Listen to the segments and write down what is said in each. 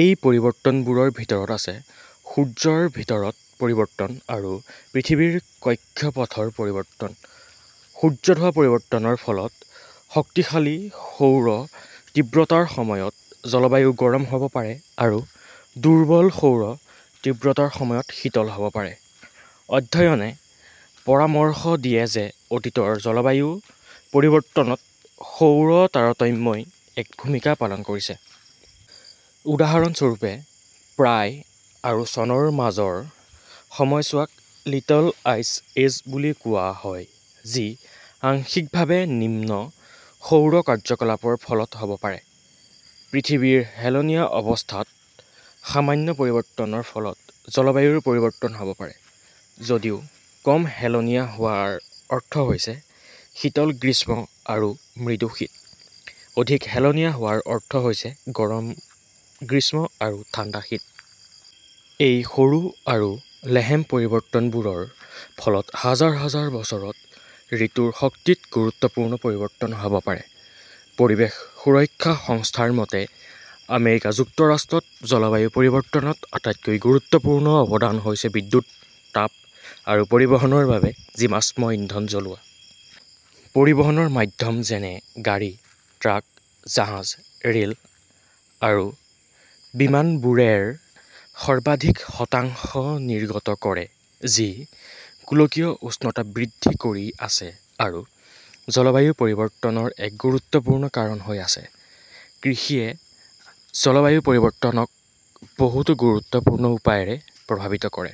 এই পৰিৱৰ্তনবোৰৰ ভিতৰত আছে সূৰ্যৰ ভিতৰত পৰিৱৰ্তন আৰু পৃথিৱীৰ কক্ষপথৰ পৰিৱৰ্তন। সূৰ্যত হোৱা পৰিৱৰ্তনৰ ফলত শক্তিশালী সৌৰ তীব্ৰতাৰ সময়ত জলবায়ু গৰম হ'ব পাৰে আৰু দুৰ্বল সৌৰ তীব্ৰতাৰ সময়ত শীতল হ'ব পাৰে। অধ্যয়নে পৰামৰ্শ দিয়ে যে অতীতৰ জলবায়ু পৰিৱৰ্তনত সৌৰ তাৰতম্যই এক ভূমিকা পালন কৰিছে। উদাহৰণ স্বৰূপে, প্ৰায় আৰু চনৰ মাজৰ সময়ছোৱাক "লিটল আইচ এজ" বুলি কোৱা হয় যি আংশিকভাৱে নিম্ন সৌৰ কাৰ্যকলাপৰ ফলত হ'ব পাৰে। পৃথিৱীৰ হেলনীয়া অৱস্থাত সামান্য পৰিৱৰ্তনৰ ফলত জলবায়ুৰ পৰিৱৰ্তন হ'ব পাৰে। যদিও কম হেলনীয়া হোৱাৰ অৰ্থ হৈছে শীতল গ্ৰীষ্ম আৰু মৃদু শীত, অধিক হেলনীয়া হোৱাৰ অৰ্থ হৈছে গৰম গ্ৰীষ্ম আৰু ঠাণ্ডা শীত। এই সৰু আৰু লেহেম পৰিৱৰ্তনবোৰৰ ফলত হাজাৰ হাজাৰ বছৰত ঋতুৰ শক্তিত গুৰুত্বপূৰ্ণ পৰিৱৰ্তন হ'ব পাৰে। পৰিৱেশ সুৰক্ষা সংস্থাৰ মতে, আমেৰিকা যুক্তৰাষ্ট্ৰত জলবায়ু পৰিৱৰ্তনত আটাইতকৈ গুৰুত্বপূৰ্ণ অৱদান হৈছে বিদ্যুৎ, তাপ আৰু পৰিবহনৰ বাবে জীৱাশ্ম ইন্ধন জ্বলোৱা। পৰিবহনৰ মাধ্যম যেনে গাড়ী, ট্ৰাক, জাহাজ, ৰেল, আৰু বিমানবোৰে -ৰ সৰ্বাধিক শতাংশ নিৰ্গত কৰে যি গোলকীয় উষ্ণতা বৃদ্ধি কৰি আছে আৰু জলবায়ু পৰিৱৰ্তনৰ এক গুৰুত্বপূৰ্ণ কাৰণ হৈ আছে। কৃষিয়ে জলবায়ু পৰিৱৰ্তনক বহুতো গুৰুত্বপূৰ্ণ উপায়েৰে প্ৰভাৱিত কৰে।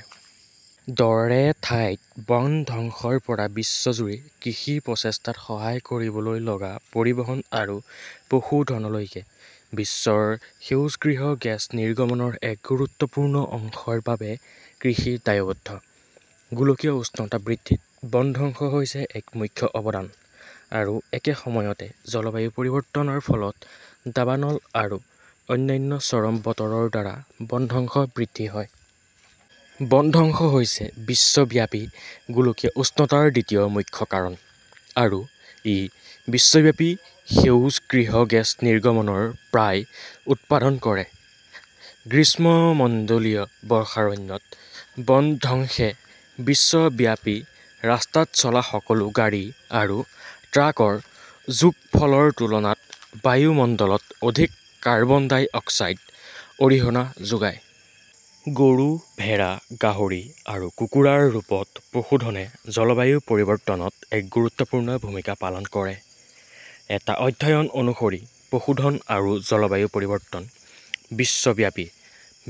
দৰে ঠাইত বনধ্বংসৰ পৰা বিশ্বজুৰি কৃষি প্ৰচেষ্টাত সহায় কৰিবলৈ লগা পৰিবহন আৰু পশুধনলৈকে, বিশ্বৰ সেউজগৃহ গেছ নিৰ্গমনৰ এক গুৰুত্বপূৰ্ণ অংশৰ বাবে কৃষি দায়বদ্ধ। গোলকীয় উষ্ণতা বৃদ্ধিত বনধ্বংস হৈছে এক মুখ্য অৱদান, আৰু একে সময়তে, জলবায়ু পৰিৱৰ্তনৰ ফলত দাবানল আৰু অন্যান্য চৰম বতৰৰ দ্বাৰা বনধ্বংস বৃদ্ধি হয়। বনধ্বংস হৈছে বিশ্বব্যাপী গোলকীয় উষ্ণতাৰ দ্বিতীয় মুখ্য কাৰণ, আৰু ই বিশ্বব্যাপী সেউজগৃহ গেছ নিৰ্গমনৰ প্ৰায় উৎপাদন কৰে। গ্ৰীষ্মমণ্ডলীয় বৰ্ষাৰণ্যত বনধ্বংসে বিশ্বব্যাপী ৰাস্তাত চলাসকলো গাড়ী আৰু ট্ৰাকৰ যোগফলৰ তুলনাত বায়ুমণ্ডলত অধিক কাৰ্বন ডাই অক্সাইড অৰিহণা যোগায়। গৰু, ভেড়া, গাহৰি আৰু কুকুৰাৰ ৰূপত পশুধনে জলবায়ু পৰিৱৰ্তনত এক গুৰুত্বপূৰ্ণ ভূমিকা পালন কৰে। এটা অধ্যয়ন অনুসৰি, "পশুধন আৰু জলবায়ু পৰিৱৰ্তন", বিশ্বব্যাপী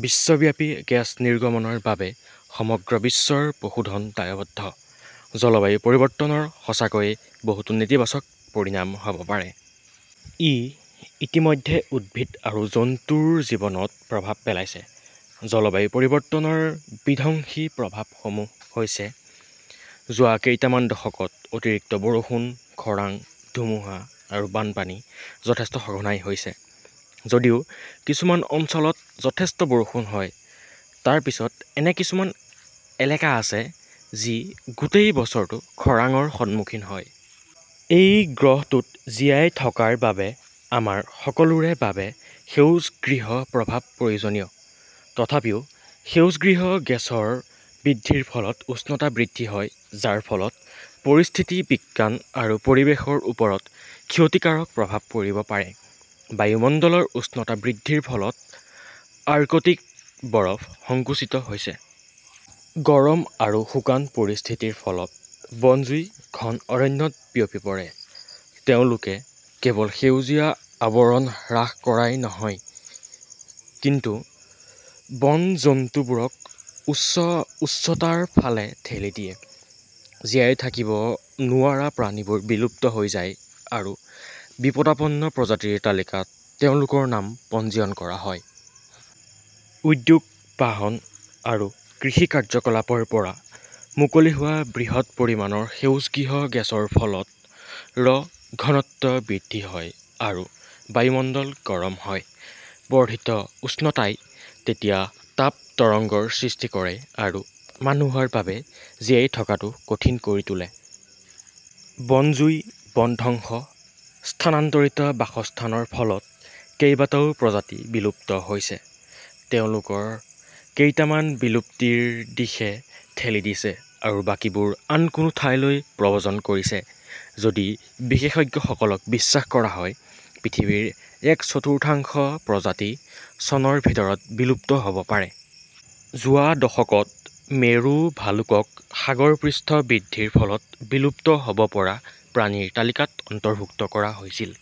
বিশ্বব্যাপী গেছ নিৰ্গমনৰ বাবে সমগ্ৰ বিশ্বৰ পশুধন দায়বদ্ধ। জলবায়ু পৰিৱৰ্তনৰ সঁচাকৈয়ে বহুতো নেতিবাচক পৰিণাম হ'ব পাৰে। ই ইতিমধ্যে উদ্ভিদ আৰু জন্তুৰ জীৱনত প্ৰভাৱ পেলাইছে। জলবায়ু পৰিৱৰ্তনৰ বিধ্বংসী প্ৰভাৱ সমূহ হৈছে – যোৱা কেইটামান দশকত, অতিৰিক্ত বৰষুণ, খৰাং, ধুমুহা আৰু বানপানী যথেষ্ট সঘনাই হৈছে। যদিও কিছুমান অঞ্চলত যথেষ্ট বৰষুণ হয়, তাৰ পিছত এনে কিছুমান এলেকা আছে যিগোটেই বছৰটো খৰাঙৰ সন্মুখীন হয়। এই গ্ৰহটোত জীয়াই থকাৰ বাবে আমাৰ সকলোৰে বাবে সেউজগৃহপ্ৰভাৱ প্ৰয়োজনীয়। তথাপিও, সেউজগৃহ গেছৰ বৃদ্ধিৰ ফলত উষ্ণতা বৃদ্ধি হয়, যাৰ ফলত পৰিস্থিতি বিজ্ঞান আৰু পৰিৱেশৰ ওপৰত ক্ষতিকাৰক প্ৰভাৱ পৰিব পাৰে। বায়ুমণ্ডলৰ উষ্ণতা বৃদ্ধিৰ ফলত আৰ্কটিক বৰফ সংকুচিত হৈছে। গৰম আৰু শুকান পৰিস্থিতিৰ ফলত বনজুই ঘন অৰণ্যত বিয়পি পৰে। তেওঁলোকে কেৱল সেউজীয়া আৱৰণ হ্ৰাস কৰাই নহয় কিন্তু বনজন্তুবোৰক উচ্চ উচ্চতাৰ ফালে ঠেলি দিয়ে। জীয়াই থাকিব নোৱাৰা প্ৰাণীবোৰ বিলুপ্ত হৈ যায় আৰু বিপদাপন্ন প্ৰজাতিৰ তালিকাত তেওঁলোকৰ নাম পঞ্জীয়ন কৰা হয়। উদ্যোগ, বাহন আৰু কৃষি কাৰ্যকলাপৰ পৰা মুকলি হোৱা বৃহৎ পৰিমাণৰ সেউজগৃহ গেছৰ ফলত. -ৰ ঘনত্ব বৃদ্ধি হয় আৰু বায়ুমণ্ডল গৰম হয়। বৰ্ধিত উষ্ণতাই তেতিয়া তাপ তৰংগৰ সৃষ্টি কৰে আৰু মানুহৰ বাবে জীয়াই থকাটো কঠিন কৰি তোলে। বন জুই, বনধ্বংস, স্থানান্তৰিত বাসস্থানৰ ফলত কেইবাটাও প্ৰজাতি বিলুপ্ত হৈছে, তেওঁলোকৰ কেইটামান বিলুপ্তিৰ দিশে ঠেলি দিছে, আৰু বাকীবোৰ আন কোনো ঠাইলৈ প্ৰব্ৰজন কৰিছে। যদি বিশেষজ্ঞসকলক বিশ্বাস কৰা হয়, পৃথিৱীৰ এক-চতুৰ্থাংশ প্ৰজাতি চনৰ ভিতৰত বিলুপ্ত হ'ব পাৰে। যোৱা দশকত, মেৰু ভালুকক সাগৰপৃষ্ঠবৃদ্ধিৰ ফলত বিলুপ্ত হ'ব পৰা প্ৰাণীৰ তালিকাত অন্তৰ্ভুক্ত কৰা হৈছিল।